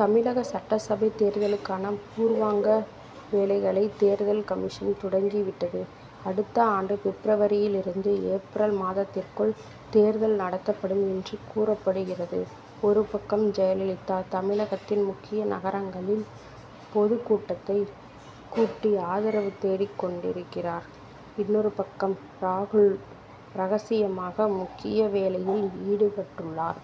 தமிழக சட்டசபைத் தேர்தலுக்கான பூர்வாங்க வேலைகளை தேர்தல் கமிஷன் துவங்கிவிட்டது. அடுத்த ஆண்டு பிப்ரவரியிலிருந்து, ஏப்ரல் மாதத்திற்குள் தேர்தல் நடத்தப்படும் என்று கூறப்படுகிறது. ஒரு பக்கம் ஜெயலலிதா, தமிழகத்தின் முக்கிய நகரங்களில் பொதுக் கூட்டத்தைக் கூட்டி ஆதரவு தேடிக் கொண்டிருக்கிறார். இன்னொரு பக்கம், ராகுல் ரகசியமாக முக்கிய வேலையில் ஈடுபட்டுள்ளார்.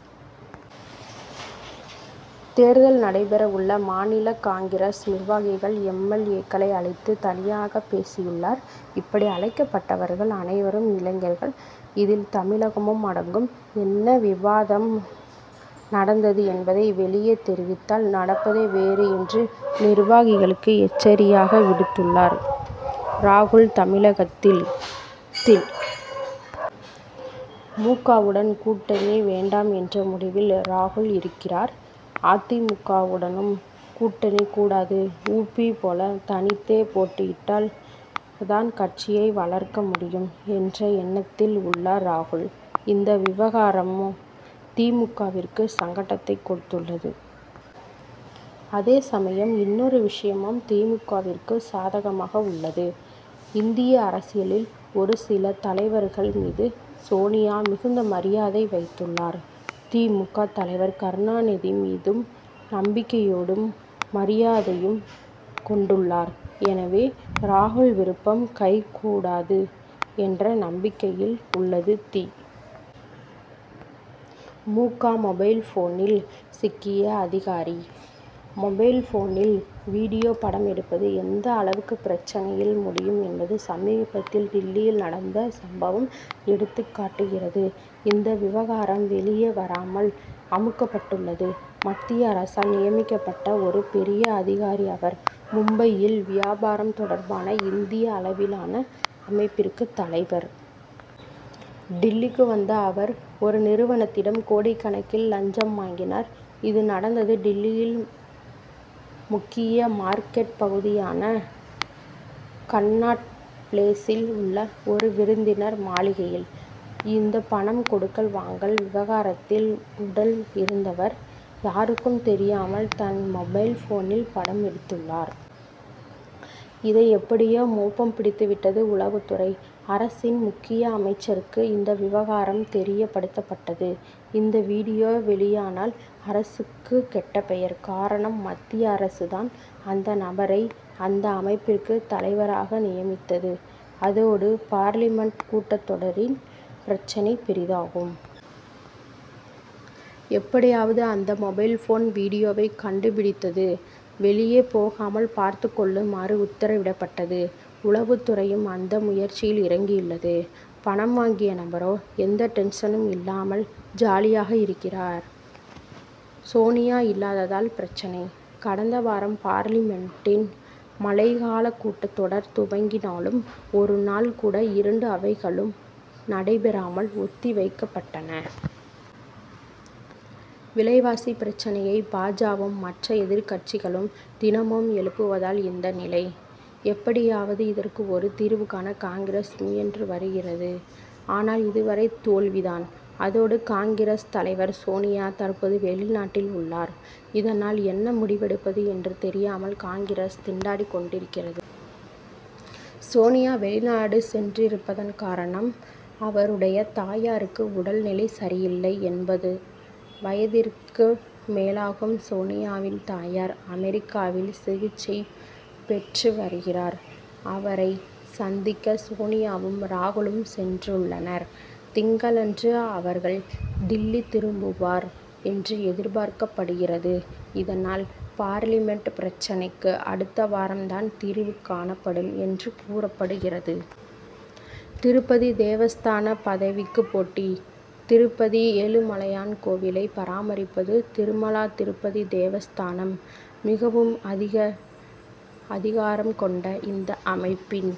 தேர்தல் நடைபெறவுள்ள மாநில காங்கிரஸ் நிர்வாகிகள், எம். எல். ஏ.,க்களை அழைத்து தனியாக பேசியுள்ளார். இப்படி அழைக்கப்பட்டவர்கள் அனைவரும் இளைஞர்கள். இதில் தமிழகமும் அடங்கும். என்ன விவாதம் நடந்தது என்பதை வெளியே தெரிவித்தால், நடப்பதே வேறு என்று நிர்வாகிகளுக்கு எச்சரிக்கையையும் விடுத்துள்ளார் ராகுல். தமிழகத்தில் தி. மு. க.,வுடன் கூட்டணி வேண்டாம் என்ற முடிவில் ராகுல் இருக்கிறார். "அ. தி. மு. க.,வுடனும் கூட்டணி கூடாது. உ. பி., போல தனித்தே போட்டியிட்டால் தான் கட்சியை வளர்க்க முடியும்' என்ற எண்ணத்தில் உள்ளார் ராகுல். இந்த விவகாரம் தி. மு. க.,விற்கு சங்கடத்தைக் கொடுத்துள்ளது. அதே சமயம், இன்னொரு விஷயமும் தி. மு. க.,விற்கு சாதகமாக உள்ளது. இந்திய அரசியலில், ஒரு சில தலைவர்கள் மீது சோனியா மிகுந்த மரியாதை வைத்துள்ளார். தி. மு. க., தலைவர் கருணாநிதி மீதும் நம்பிக்கையோடு மரியாதையையும் கொண்டுள்ளார். எனவே, ராகுல் விருப்பம் கைகூடாது என்ற நம்பிக்கையில் உள்ளது தி. மு. க., மொபைல்போனில் சிக்கிய அதிகாரி: மொபைல்போனில் வீடியோ படம் எடுப்பது எந்த அளவுக்கு பிரச்னையில் முடியும் என்பது, சமீபத்தில் டில்லியில் நடந்த சம்பவம் எடுத்துக் காட்டுகிறது. இந்த விவகாரம் வெளியே வராமல் அமுக்கப்பட்டுள்ளது. மத்திய அரசால் நியமிக்கப்பட்ட ஒரு பெரிய அதிகாரி அவர். மும்பையில் வியாபாரம் தொடர்பான இந்திய அளவிலான அமைப்பிற்கு தலைவர். டில்லிக்கு வந்த அவர், ஒரு நிறுவனத்திடம் கோடிக்கணக்கில் லஞ்சம் வாங்கினார். இது நடந்தது, டில்லியின் முக்கிய மார்க்கெட் பகுதியான கன்னாட் பிளேசில் உள்ள ஒரு விருந்தினர் மாளிகையில். இந்த பணம் கொடுக்கல் வாங்கல் விவகாரத்தில் உடன் இருந்தவர், யாருக்கும் தெரியாமல் தன் மொபைல்போனில் படம் எடுத்துள்ளார். இதை எப்படியோ மோப்பம் பிடித்துவிட்டது உளவுத்துறை. அரசின் முக்கிய அமைச்சருக்கு இந்த விவகாரம் தெரியப்படுத்தப்பட்டது. இந்த வீடியோ வெளியானால் அரசுக்கு கெட்ட பெயர். காரணம், மத்திய அரசு தான் அந்த நபரை, அந்த அமைப்பிற்கு தலைவராக நியமித்தது. அதோடு, பார்லிமென்ட் கூட்டத் தொடரில் பிரச்னை பெரிதாகும். எப்படியாவது அந்த மொபைல்போன் வீடியோவை கண்டுபிடித்து, வெளியே போகாமல் பார்த்துக் கொள்ளுமாறு உத்தரவிடப்பட்டது. உளவுத் துறையும் அந்த முயற்சியில் இறங்கியுள்ளது. பணம் வாங்கிய நபரோ, எந்த டென்ஷனும் இல்லாமல் ஜாலியாக இருக்கிறார். சோனியா இல்லாததால் பிரச்னை: கடந்த வாரம் பார்லிமென்டின் மழைக்காலக் கூட்டத்தொடர் துவங்கினாலும், ஒருநாள் கூட இரண்டு அவைகளும் நடைபெறாமல் ஒத்தி வைக்கப்பட்டன. விலைவாசி பிரச்னையை பா. ஜ.,வும் மற்ற எதிர்க்கட்சிகளும் தினமும் எழுப்புவதால் இந்த நிலை. எப்படியாவது இதற்கு ஒரு தீர்வு காண காங்கிரஸ் முயன்று வருகிறது. ஆனால், இதுவரை தோல்வி தான். அதோடு, காங்கிரஸ் தலைவர் சோனியா தற்போது வெளிநாட்டில் உள்ளார். இதனால், என்ன முடிவெடுப்பது என்று தெரியாமல் காங்கிரஸ் திண்டாடிக் கொண்டிருக்கிறது. சோனியா வெளிநாடு சென்றிருப்பதன் காரணம், அவருடைய தாயாருக்கு உடல்நிலை சரியில்லை. எண்பது வயதிற்கு மேலாகும் சோனியாவின் தாயார், அமெரிக்காவில் சிகிச்சை பெற்று வருகிறார். அவரை சந்திக்க சோனியாவும், ராகுலும் சென்றுள்ளனர். திங்களன்று அவர்கள் டில்லி திரும்புவர் என்று எதிர்பார்க்கப்படுகிறது. இதனால், பார்லிமென்ட் பிரச்னைக்கு அடுத்த வாரம் தான் தீர்வு காணப்படும் என்று கூறப்படுகிறது. திருப்பதி தேவஸ்தான பதவிக்கு போட்டி: திருப்பதி ஏழுமலையான் கோவிலை பராமரிப்பது, திருமலா திருப்பதி தேவஸ்தானம். மிகவும் அதிக அதிகாரம் கொண்ட இந்த அமைப்பின்